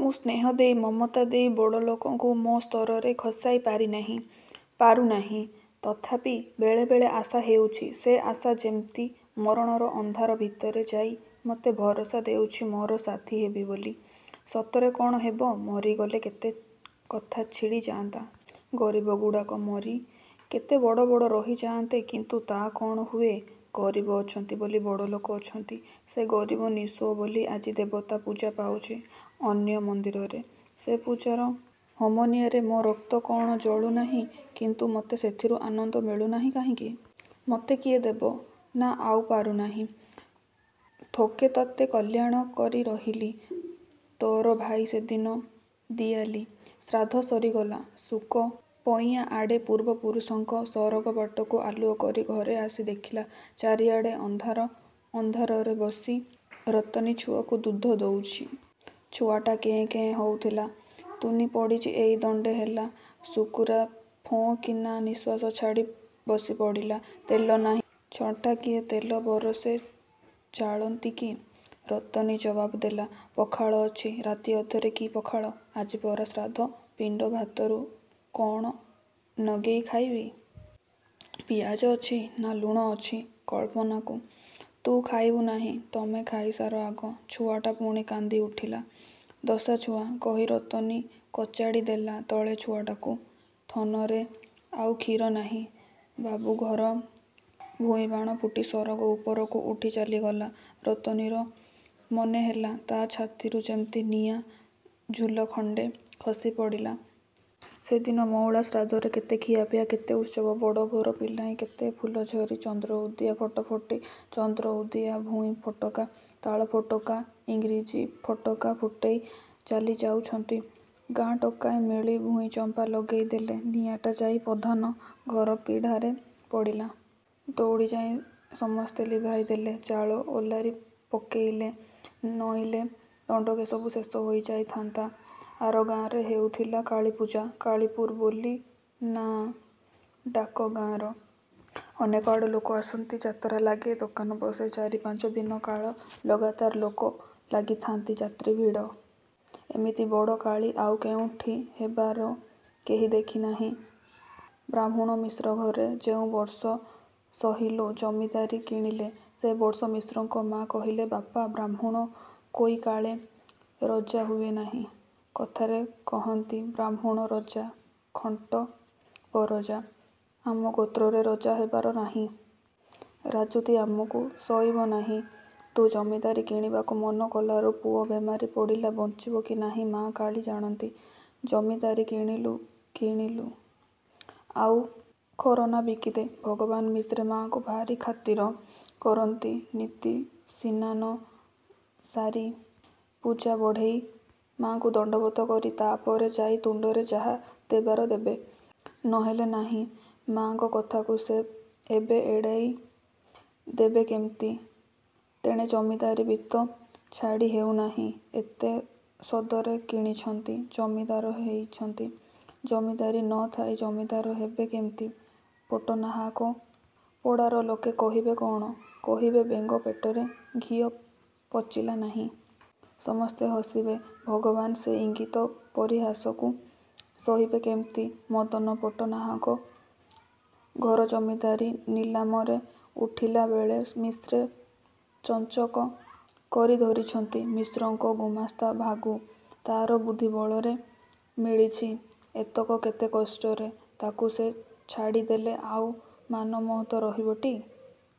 ମୁଁ ସ୍ନେହ ଦେଇ, ମମତା ଦେଇ ବଡ଼ଲୋକଙ୍କୁ ମୋ ସ୍ତରକୁ ଖସାଇ ପାରିନାହିଁ। ପାରୁନାହିଁ। ତଥାପି ବେଳେବେଳେ ଆଶା ହେଉଛି। ସେ ଆଶା ଯେମିତି ମରଣର ଅନ୍ଧାର ଭିତରେ ଯାଇ ମୋତେ ଭରସା ଦେଉଛି ମୋର ସାଥୀ ହେବ ବୋଲି। ସତରେ କ'ଣ ହେବ? ମରିଗଲେ କେତେ କଥା ଛିଡ଼ି ଯାଆନ୍ତା। ଗରିବଗୁଡ଼ାକ ମରି, କେତେ ବଡ଼ବଡ଼ ରହିଯାଆନ୍ତେ। କିନ୍ତୁ ତା' କ'ଣ ହୁଏ? ଗରିବ ଅଛନ୍ତି ବୋଲି ବଡ଼ଲୋକ ଅଛନ୍ତି। ସେ ଗରିବ, ନିଃସ୍ୱ ବୋଲି ଆଜି ଦେବତା ପୂଜା ପାଉଛି ଅନ୍ୟ ମନ୍ଦିରରେ। ସେ ପୂଜାର ହୋମନିଆଁରେ ମୋ ରକ୍ତ କ'ଣ ଜଳୁ ନାହିଁ? କିନ୍ତୁ ମୋତେ ସେଥିରୁ ଆନନ୍ଦ ମିଳୁ ନାହିଁ କାହିଁକି? ମୋତେ କିଏ ଦେବ? ନା, ଆଉ ପାରୁନାହିଁ। ଥୋକେ ତୋତେ କଲ୍ୟାଣ କରି ରହିଲି। ତୋର ଭାଇ ସେଦିନ ଦିଆଲି। ଶ୍ରାଦ୍ଧ ସରିଗଲା। ଶୁକ ପଇଁଆ ଆଡେ ପୂର୍ବପୁରୁଷଙ୍କ ସରଗ ବାଟକୁ ଆଲୁଅ କରି ଘରେ ଆସି ଦେଖିଲା, ଚାରିଆଡ଼େ ଅନ୍ଧାର। ଅନ୍ଧାରରେ ବସି ରତନୀ ଛୁଆକୁ ଦୁଧ ଦଉଚି। ଛୁଆଟା କେଁ କେଁ ହଉଥିଲା, ତୁନି ପଡ଼ିଚି ଏଇ ଦଣ୍ଡେ ହେଲା। ଶୁକୁରା ଫଁ କିନା ନିଃଶ୍ୱାସ ଛାଡ଼ି ବସି ପଡ଼ିଲା।“ତେଲ ନାହିଁ?”“ଛଟାଙ୍କିଏ ତେଲ ବରଷେ ଜାଳନ୍ତି କି?” ରତନୀ ଜବାବ ଦେଲା।“ପଖାଳ ଅଛି?”“ରାତିଅଧରେ କି ପଖାଳ? ଆଜି ପରା ଶ୍ରାଦ୍ଧ! ପିଣ୍ଡ ଭାତରୁ”“କ'ଣ ନଗେଇ ଖାଇବି? ପିଆଜ ଅଛି?ନା। ଲୁଣ? ଅଛି, ଅଳ୍ପନାକୁ। ତୁ ଖାଇବୁ ନାହିଁ? ତମେ ଖଇସାର, ଆଗ। ଛୁଆଟା ପୁଣି କାନ୍ଦି ଉଠିଲା। ଦଶା ଛୁଆ! କହି ରତନୀ କଚାଡ଼ି ଦେଲା ତଳେ ଛୁଆଟାକୁ। ଥନରେ ଆଉ କ୍ଷୀର ନାହିଁ। ବାବୁଘର ଭୂଇଁବାଣ ଫୁଟି ସରଗ ଉପରକୁ ଉଠି ଚାଲିଗଲା। ରତନୀର ମନେ ହେଲା, ତା ଛାତିରୁ ଯେମିତି ନିଆଁ ଝୁଲଖଣ୍ଡେ ଖସିପଡ଼ିଲା। ସେଦିନ ମଉଳା ଶ୍ରାଦ୍ଧରେ କେତେ ଖିଆପିଆ, କେତେ ଉତ୍ସବ! ବଡ଼ଘର ପିଲାଏ କେତେ ଫୁଲଝରି, ଚନ୍ଦ୍ରଉଦିଆ, ଫଟଫଟି, ଚନ୍ଦ୍ରଉଦିଆ ଭୂଇଁ ଫଟକା, ତାଳ ଫଟକା, ଇଂରିଜୀ ଫଟକା ଫୁଟେଇ ଚାଲିଯାଉଛନ୍ତି। ଗାଁ ଟୋକାଏ ମିଳି ଭୂଇଁଚମ୍ପା ଲଗେଇ ଦେଲେ। ନିଆଁଟା ଯାଇ ପଧାନ ଘର ପିଢ଼ାରେ ପଡ଼ିଲା। ଦଉଡ଼ି ଯାଇ ସମସ୍ତେ ଲିଭାଇ ଦେଲେ, ଚାଳ ଓଲାରି ପକେଇଲେ। ନଇଲେ ଦଣ୍ଡକେ ସବୁ ଶେଷ ହେଇ ଯାଇଥାନ୍ତା। ଆର ଗାଁରେ ହେଉଥିଲା କାଳୀପୂଜା। ‘କାଳୀପୁର’ ବୋଲି ନାଆଁ ଡାକ ଗାଁର। ଅନେକ ଆଡ଼ୁ ଲୋକ ଆସନ୍ତି। ଯାତରା ଲାଗେ, ଦୋକାନ ବସେ। ଚାରିପାଞ୍ଚ ଦିନ କାଳ ଲଗାତାର ଲୋକ ଲାଗିଥାନ୍ତି, ଯାତ୍ରୀ ଭିଡ଼। ଏମିତି ବଡ଼ କାଳୀ ଆଉ କେଉଁଠି ହେବାର କେହି ଦେଖି ନାହିଁ। ବାହ୍ମୁଣ ମିଶ୍ରଘରେ ଯେଉଁ ବର୍ଷ ସହିଲୁ ଜମିଦାରୀ କିଣିଲେ, ସେ ବର୍ଷ ମିଶ୍ରଙ୍କ ମା' କହିଲେ“ବାପା, ବାହ୍ମୁଣ କୋଇ କାଳେ ରଜା ହୁଏ ନାହିଁ। କଥାରେ କହନ୍ତି ବାହ୍ମୁଣ ରଜା, ଖଣ୍ଟ ପରଜା। ଆମ ଗୋତ୍ରରେ ରଜା ହେବାର ନାହିଁ। ରାଜୁତି ଆମକୁ ସଇବ ନାହିଁ। ତୁ ଜମିଦାରୀ କିଣିବାକୁ ମନ କଲାରୁ ପୁଅ ବେମାରି ପଡ଼ିଲା। ବଞ୍ଚିବ କି ନାହିଁ ମା' କାଳୀ ଜାଣନ୍ତି। ଜମିଦାରୀ କିଣିଲୁ କିଣିଲୁ, ଆଉ ରଖନା ବିକି ଦେ।”ଭଗବାନ ମିଶ୍ରେ ମା'ଙ୍କୁ ଭାରି ଖାତିର କରନ୍ତି। ନିତି ସିନାନ ସାରି, ପୂଜା ବଢ଼େଇ, ମା'ଙ୍କୁ ଦଣ୍ଡବତ କରି, ତା'ପରେ ଯାଇ ତୁଣ୍ଡରେ ଯାହା ଦେବାର ଦେବେ। ନ ହେଲେ ନାହିଁ। ମା'ଙ୍କ କଥାକୁ ସେ ଏବେ ଏଡ଼ାଇ ଦେବେ କେମିତି? ତେଣେ ଜମିଦାରୀ ବି ତ ଛାଡ଼ି ହେଉ ନାହିଁ। ଏତେ ସଦରେ କିଣିଛନ୍ତି। ଜମିଦାର ହେଇଛନ୍ତି। ଜମିଦାରୀ ନ ଥାଇ ଜମିଦାର ହେବେ କେମିତି? ପଟ୍ଟନାହାକ ପଡ଼ାର ଲୋକେ କହିବେ କ'ଣ? କହିବେ ବେଙ୍ଗ ପେଟରେ ଘିଅ ପଚିଲା ନାହିଁ। ସମସ୍ତେ ହସିବେ। ଭଗବାନ ସେ ଇଙ୍ଗିତ ପରିହାସକୁ ସହିବେ କେମିତି? ମଦନ ପଟ୍ଟନାହାକ ଘର ଜମିଦାରୀ ନିଲାମରେ ଉଠିଲାବେଳେ ମିଶ୍ରେ ଚଞ୍ଚକ କରି ଧରିଛନ୍ତି। ମିଶ୍ରଙ୍କ ଗୁମାସ୍ତା ଭାଗୁ। ତା'ର ବୁଦ୍ଧିବଳରେ ମିଳିଛି ଏତକ କେତେ କଷ୍ଟରେ। ତାକୁ ସେ ଛାଡ଼ି ଦେଲେ ଆଉ ମାନମହତ ରହିବଟି!